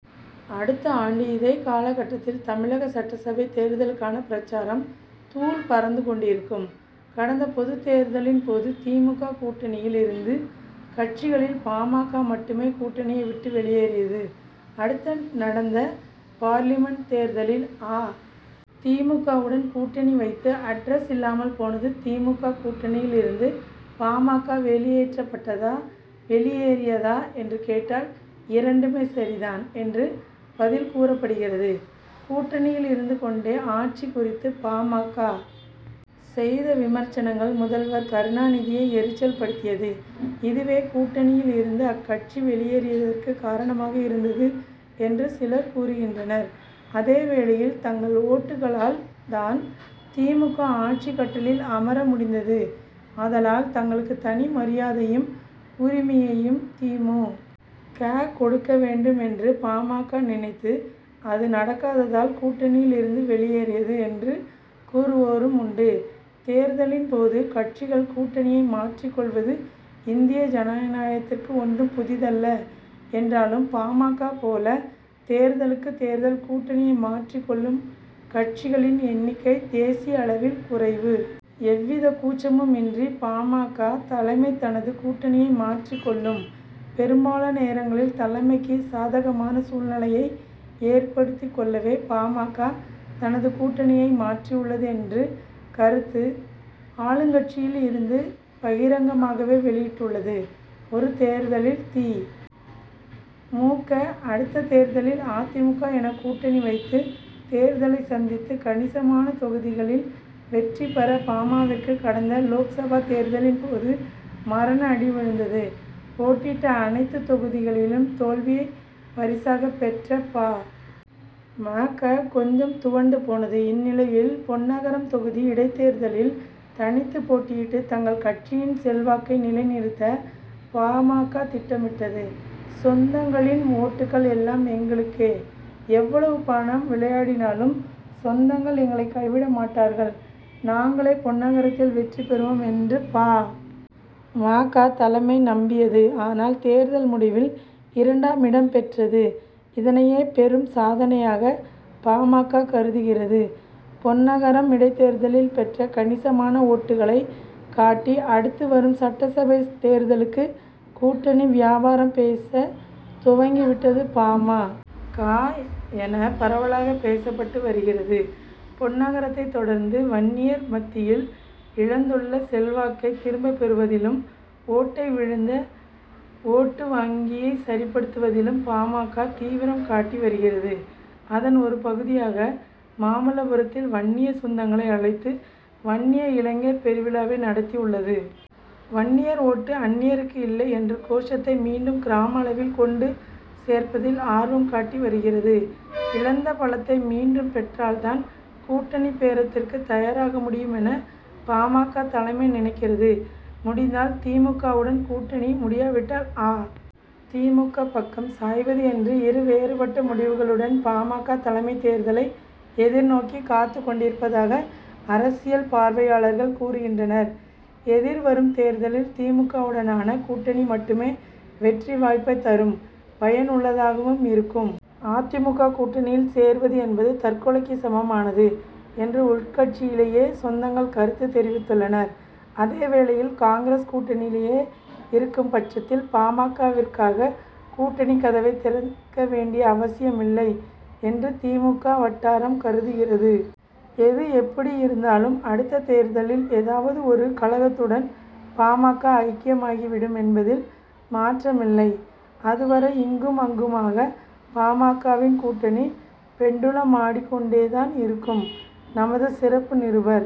அடுத்த ஆண்டு இதே கால கட்டத்தில் தமிழக சட்டசபை தேர்தலுக்கான பிரசாரம் தூள் பறந்து கொண்டிருக்கும். கடந்த பொதுத் தேர்தலின் போது தி. மு. க. கூட்டணியில் இருந்து கட்சிகளில் பா. ம. க. மட்டுமே கூட்டணியை விட்டு வெளியேறியது. அடுத்து நடந்த பார்லிமென்ட் தேர்தலில் அ. தி. மு. க.வுடன் கூட்டணி வைத்து அட்ரஸ் இல்லாமல் போனது. தி. மு. க. கூட்டணியில் இருந்து பா. ம. க. வெளியேற்றப்பட்டதா வெளியேறியதா என்று கேட்டால் இரண்டுமே சரிதான் என்று பதில் கூறப்படுகிறது. கூட்டணியில் இருந்து கொண்டே ஆட்சி குறித்து பா. ம. க. செய்த விமர்சனங்கள் முதல்வர் கருணாநிதியை எரிச்சல்படுத்தியது. இதுவே கூட்டணியில் இருந்து அக்கட்சி வெளியேறியதற்கு காரணமாக இருந்தது என்று சிலர் கூறுகின்றனர். அதேவேளையில் தங்கள் ஓட்டுக்களால் தான் தி. மு. க. ஆட்சி கட்டிலில் அமர முடிந்தது. ஆதளால் தங்களுக்கு தனி மரியாதையும் உரிமையையும் தி. மு. க. கொடுக்க வேண்டும் என்று பா. ம. க. நினைத்து அது நடக்காததால் கூட்டணியில் இருந்து வெளியேறியது என்று கூறுவோரும் உண்டு. தேர்தலின் போது கட்சிகள் கூட்டணியை மாற்றிக் கொள்வது இந்திய ஜனநாயகத்திற்கு ஒன்றும் புதிதல்ல என்றாலும் பா. ம. க. போல தேர்தலுக்கு தேர்தல் கூட்டணியை மாற்றிக் கொள்ளும் கட்சிகளின் எண்ணிக்கை தேசிய அளவில் குறைவு. எவ்வித கூச்சமும் இன்றி பா. ம. க. தலைமை தனது கூட்டணியை மாற்றிக் கொள்ளும். பெரும்பாலான நேரங்களில் தலைமைக்கு சாதகமான சூழ்நிலையை ஏற்படுத்திக் கொள்ளவே பா. ம. க. தனது கூட்டணியை மாறியுள்ளது என்ற கருத்து ஆளுங்கட்சியில் இருந்து பகிரங்கமாகவே வெளிப்பட்டுள்ளது. ஒரு தேர்தலில் தி. மு. க. அடுத்த தேர்தலில் அ. தி. மு. க. என கூட்டணி வைத்து தேர்தலை சந்தித்து கணிசமான தொகுதிகளில் வெற்றி பெற பா. ம. க.விற்கு கடந்த லோக்சபா தேர்தலின் போது மரண அடி விழுந்தது. போட்டியிட்ட அனைத்து தொகுதிகளிலும் தோல்வியை பரிசாக பெற்ற பா. ம. க. கொஞ்சம் துவண்டு போனது. இந்நிலையில் பொன்னாகரம் தொகுதி இடைத்தேர்தலில் தனித்து போட்டியிட்டு தங்கள் கட்சியின் செல்வாக்கை நிலை நிறுத்த பா. ம. க. திட்டமிட்டது. சொந்தங்களின் ஓட்டுக்கள் எல்லாம் எங்களுக்கே. எவ்வளவு பணம் விளையாடினாலும் சொந்தங்கள் எங்களை கைவிடமாட்டார்கள். நாங்களே பொன்னாகரத்தில் வெற்றி பெறுவோம் என்று பா. ம. க. தலைமை நம்பியது. ஆனால் தேர்தல் முடிவில் இரண்டாம் இடம் பெற்றது. இதனையே பெரும் சாதனையாக பா. ம. க. கருதுகிறது. பொன்னாகரம் இடைத்தேர்தலில் பெற்ற கணிசமான ஓட்டுக்களை காட்டி அடுத்து வரும் சட்டசபை தேர்தலுக்கு கூட்டணி வியாபாரம் பேச துவங்கிவிட்டது பா. ம. க. என பரவலாக பேசப்பட்டு வருகிறது. பென்னாகரத்தைத் தொடர்ந்து வன்னியர் மத்தியில் இழந்துள்ள செல்வாக்கை திரும்பப் பெறுவதிலும் ஓட்டை விழுந்த ஓட்டு வங்கியை சரிப்படுத்துவதிலும் பா. ம. க. தீவிரம் காட்டி வருகிறது. அதன் ஒரு பகுதியாக மாமல்லபுரத்தில் வன்னிய சொந்தங்களை அழைத்து வன்னிய இளைஞர் பெருவிழாவை நடத்தியுள்ளது. வன்னியர் ஓட்டு அன்னியருக்கு இல்லை என்ற கோஷத்தை மீண்டும் கிராம அளவில் கொண்டு சேர்ப்பதில் ஆர்வம் காட்டி வருகிறது. இழந்த பலத்தை மீண்டும் பெற்றால்தான் கூட்டணி பேரத்திற்கு தயாராக முடியும் என பா. ம. க. தலைமை நினைக்கிறது. முடிந்தால் தி. மு. க.வுடன் கூட்டணி முடியாவிட்டால் அ. தி. மு. க. பக்கம் சாய்வது என்று இரு வேறுபட்ட முடிவுகளுடன் பா. ம. க. தலைமை தேர்தலை எதிர்நோக்கி காத்துக் கொண்டிருப்பதாக அரசியல் பார்வையாளர்கள் கூறுகின்றனர். எதிர்வரும் தேர்தலில் தி. மு. க.வுடனான கூட்டணி மட்டுமே வெற்றி வாய்ப்பை தரும். பயன் உள்ளதாகவும் இருக்கும். அ. தி. மு. க. கூட்டணியில் சேருவது என்பது தற்கொலைக்கு சமமானது என்று உள்கட்சியிலேயே சொந்தங்கள் கருத்து தெரிவித்துள்ளனர். அதேவேளையில் காங்கிரஸ் கூட்டணியிலேயே இருக்கும் பட்சத்தில் பா. ம. க.விற்காக கூட்டணி கதவை திறக்க வேண்டிய அவசியம் இல்லை என்று தி. மு. க. வட்டாரம் கருதுகிறது. எது எப்படி இருந்தாலும் அடுத்த தேர்தலில் ஏதாவது ஒரு கழகத்துடன் பா. ம. க. ஐக்கியமாகிவிடும் என்பதில் மாற்றமில்லை. அதுவரை இங்கும் அங்குமாக பா. ம. க.வின் கூட்டணி பெண்டுலம் ஆடிக் கொண்டே தான் இருக்கும். நமது சிறப்பு நிருபர் -